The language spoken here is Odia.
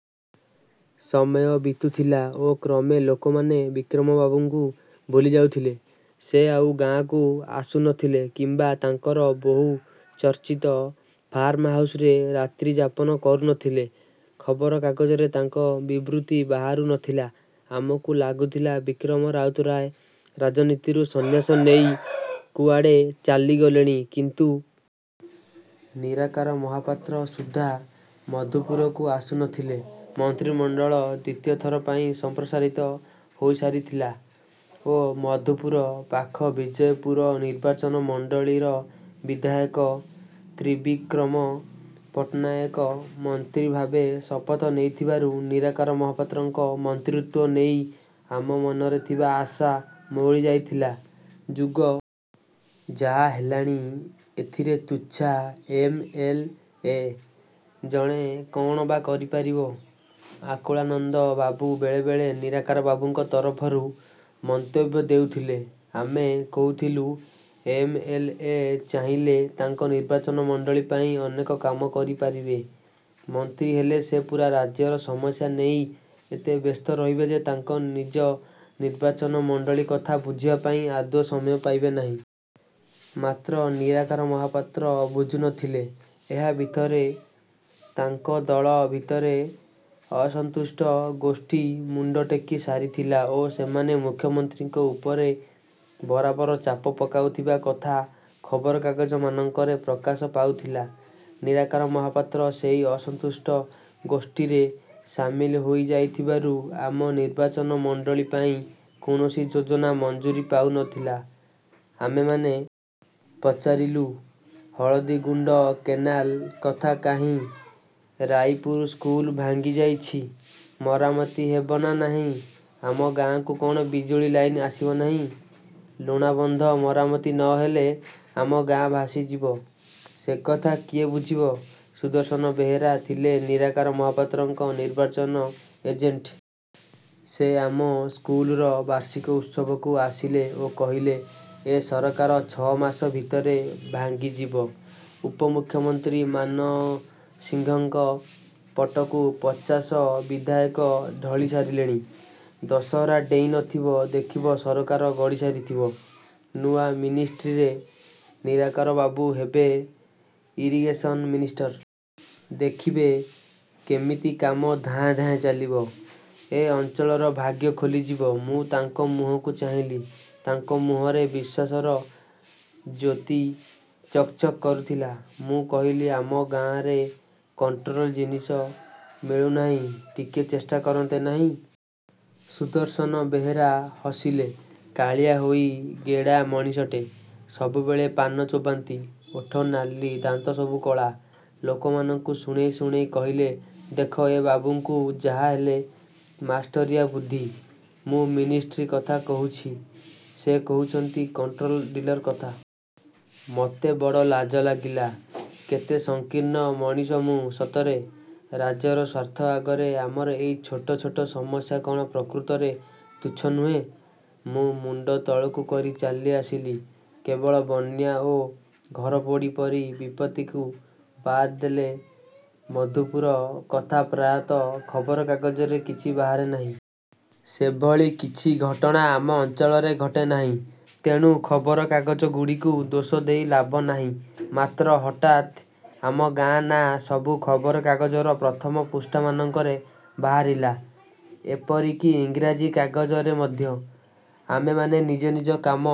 ସମୟ ବିତୁଥିଲା ଓ କ୍ରମେ ଲୋକମାନେ ବିକ୍ରମବାବୁଙ୍କୁ ଭୁଲି ଯାଉଥିଲେ। ସେ ଆଉ ଗାଁକୁ ଆସୁ ନଥିଲେ କିମ୍ବା ତାଙ୍କର ବହୁଚର୍ଚ୍ଚିତ 'ଫାର୍ମହାଉସ୍'ରେ ରାତ୍ରିଯାପନ କରୁ ନଥିଲେ। ଖବରକାଗଜରେ ତାଙ୍କ ବିବୃତି ବାହାରୁ ନଥିଲା। ଆମକୁ ଲାଗୁଥିଲା ବିକ୍ରମ ରାଉତରାୟ ରାଜନୀତିରୁ ସନ୍ନ୍ୟାସ ନେଇ କୁଆଡ଼େ ଚାଲିଗଲେଣି। କିନ୍ତୁ ନିରାକାର ମହାପାତ୍ର ସୁଦ୍ଧା ମଧୁପୁରକୁ ଆସୁ ନଥିଲେ। ମନ୍ତ୍ରୀମଣ୍ଡଳ ଦ୍ୱିତୀୟ ଥର ପାଇଁ ସମ୍ପ୍ରସାରିତ ହୋଇସାରିଥିଲା ଓ ମଧୁପୁର ପାଖ ବିଜୟପୁର ନିର୍ବାଚନ ମଣ୍ଡଳୀର ବିଧାୟକ ତ୍ରିବିକ୍ରମ ପଟ୍ଟନାୟକ ମନ୍ତ୍ରୀ ଭାବେ ଶପଥ ନେଇଥିବାରୁ ନିରାକାର ମହାପାତ୍ରଙ୍କ ମନ୍ତ୍ରୀତ୍ୱ ନେଇ ଆମ ମନରେ ଥିବା ଆଶା ମଉଳି ଯାଇଥିଲା।"ଯୁଗ ଯାହା ହେଲାଣି, ଏଥିରେ ତୁଚ୍ଛା ଏମ୍.ଏଲ୍.ଏ. ଜଣେ କ'ଣ ବା କରି ପାରିବ?" ଆକୁଳାନନ୍ଦ ବାବୁ ବେଳେବେଳେ ନିରାକାର ବାବୁଙ୍କ ତରଫରୁ ମନ୍ତବ୍ୟ ଦେଉଥିଲେ। ଆମେ କହୁଥିଲୁ, "ଏମ୍.ଏଲ୍.ଏ. ଚାହିଁଲେ ତାଙ୍କ ନିର୍ବାଚନ ମଣ୍ଡଳୀ ପାଇଁ ଅନେକ କାମ କରି ପାରିବେ। ମନ୍ତ୍ରୀ ହେଲେ ସେ ପୂରା ରାଜ୍ୟର ସମସ୍ୟା ନେଇ ଏତେ ବ୍ୟସ୍ତ ରହିବେ ଯେ ତାଙ୍କ ନିଜ ନିର୍ବାଚନ ମଣ୍ଡଳୀ କଥା ବୁଝିବା ପାଇଁ ଆଦୌ ସମୟ ପାଇବେ ନାହିଁ।" ମାତ୍ର ନିରାକାର ମହାପାତ୍ର ବୁଝୁ ନଥିଲେ। ଏହା ଭିତରେ ତାଙ୍କ ଦଳ ଭିତରେ ଅସନ୍ତୁଷ୍ଟ ଗୋଷ୍ଠୀ ମୁଣ୍ଡ ଟେକି ସାରିଥିଲା ଓ ସେମାନେ ମୁଖ୍ୟମନ୍ତ୍ରୀଙ୍କ ଉପରେ ବରାବର ଚାପ ପକାଉଥିବା କଥା ଖବରକାଗଜମାନଙ୍କରେ ପ୍ରକାଶ ପାଉଥିଲା। ନିରାକାର ମହାପାତ୍ର ସେଇ ଅସନ୍ତୁଷ୍ଟ ଗୋଷ୍ଠୀରେ ସାମିଲ ହୋଇଯାଇଥିବାରୁ ଆମ ନିର୍ବାଚନ ମଣ୍ଡଳୀ ପାଇଁ କୌଣସି ଯୋଜନା ମଞ୍ଜୁରି ପାଉ ନଥିଲା। ଆମେମାନେ ପଚାରିଲୁ, "ହଳଦୀଗୁଣ୍ଡ କେନାଲ କଥା କାହିଁ?""ରାଇପୁର ସ୍କୁଲ ଭାଙ୍ଗି ଯାଇଛି। ମରାମତି ହେବ ନା ନାହିଁ?""ଆମ ଗାଁକୁ କ'ଣ ବିଜୁଳି ଲାଇନ୍ ଆସିବ ନାହିଁ?" "ଲୁଣାବନ୍ଧ ମରାମତି ନହେଲେ ଆମ ଗାଁ ଭାସି ଯିବ। ସେକଥା କିଏ ବୁଝିବ?"ସୁଦର୍ଶନ ବେହେରା ଥିଲେ ନିରାକାର ମହାପାତ୍ରଙ୍କ ନିର୍ବାଚନ ଏଜେଣ୍ଟ୍। ସେ ଆମ ସ୍କୁଲର ବାର୍ଷିକ ଉତ୍ସବକୁ ଆସିଲେ ଓ କହିଲେ, "ଏ ସରକାର ଛଅ ମାସ ଭିତରେ ଭାଙ୍ଗି ଯିବ। ଉପମୁଖ୍ୟମନ୍ତ୍ରୀ ମାନସିଂହଙ୍କ ପଟକୁ ପଚାଶ ବିଧାୟକ ଢଳି ସାରିଲେଣି। ଦଶହରା ଡେଇଁ ନଥିବ, ଦେଖିବ ସରକାର ଗଡ଼ିସାରିଥିବ। ନୂଆ 'ମିନିଷ୍ଟ୍ରୀ'ରେ ନିରାକାର ବାବୁ ହେବେ ଇରିଗେସନ୍ ମିନିଷ୍ଟର। ଦେଖିବେ, କେମିତି କାମ ଧାଏଁ ଧାଏଁ ଚାଲିବ। ଏ ଅଞ୍ଚଳର ଭାଗ୍ୟ ଖୋଲି ଯିବ।" ମୁଁ ତାଙ୍କ ମୁହଁକୁ ଚାହିଁଲି। ତାଙ୍କ ମୁହଁରେ ବିଶ୍ୱାସର ଜ୍ୟୋତି ଚକ୍ ଚକ୍ କରୁଥିଲା। ମୁଁ କହିଲି, "ଆମ ଗାଁରେ କଣ୍ଟ୍ରୋଲ ଜିନିଷ ମିଳୁନାହିଁ, ଟିକିଏ ଚେଷ୍ଟା କରନ୍ତେ ନାହିଁ?" ସୁଦର୍ଶନ ବେହେରା ହସିଲେ। କାଳିଆ ହୋଇ ଗେଡ଼ା ମଣିଷଟେ। ସବୁବେଳେ ପାନ ଚୋବାନ୍ତି। ଓଠ ନାଲି, ଦାନ୍ତ ସବୁ କଳା। ଲୋକମାନଙ୍କୁ ଶୁଣେଇ ଶୁଣେଇ କହିଲେ, "ଦେଖ ଏ ବାବୁଙ୍କୁ, ଯାହା ହେଲେ ମାଷ୍ଟରିଆ ବୁଦ୍ଧି! ମୁଁ ମିନିଷ୍ଟ୍ରୀ କଥା କହୁଛି, ସେ କହୁଛନ୍ତି କଣ୍ଟ୍ରୋଲ ଡିଲର କଥା!" ମୋତେ ବଡ଼ ଲାଜ ଲାଗିଲା। କେତେ ସଂକୀର୍ଣ୍ଣ ମଣିଷ ମୁଁ ସତରେ! ରାଜ୍ୟର ସ୍ୱାର୍ଥ ଆଗରେ ଆମର ଏଇ ଛୋଟ ଛୋଟ ସମସ୍ୟା କ'ଣ ପ୍ରକୃତରେ ତୁଚ୍ଛ ନୁହେଁ! ମୁଁ ମୁଣ୍ଡ ତଳକୁ କରି ଚାଲି ଆସିଲି। କେବଳ ବନ୍ୟା ଓ ଘରପୋଡ଼ି ପରି ବିପତ୍ତିକୁ ବାଦ୍ ଦେଲେ ମଧୁପୁର କଥା ପ୍ରାୟତଃ ଖବରକାଗଜରେ କିଛି ବାହାରେ ନାହିଁ। ସେଭଳି କିଛି ଘଟଣା ଆମ ଅଞ୍ଚଳରେ ଘଟେ ନାହିଁ, ତେଣୁ ଖବରକାଗଜଗୁଡ଼ିକୁ ଦୋଷ ଦେଇ ଲାଭ ନାହିଁ। ମାତ୍ର ହଠାତ୍ ଆମ ଗାଁ ନାଁ ସବୁ ଖବରକାଗଜର ପ୍ରଥମ ପୃଷ୍ଠାମାନଙ୍କରେ ବାହାରିଲା, ଏପରିକି ଇଂରାଜୀ କାଗଜରେ ମଧ୍ୟ। ଆମେମାନେ ନିଜ ନିଜ କାମ...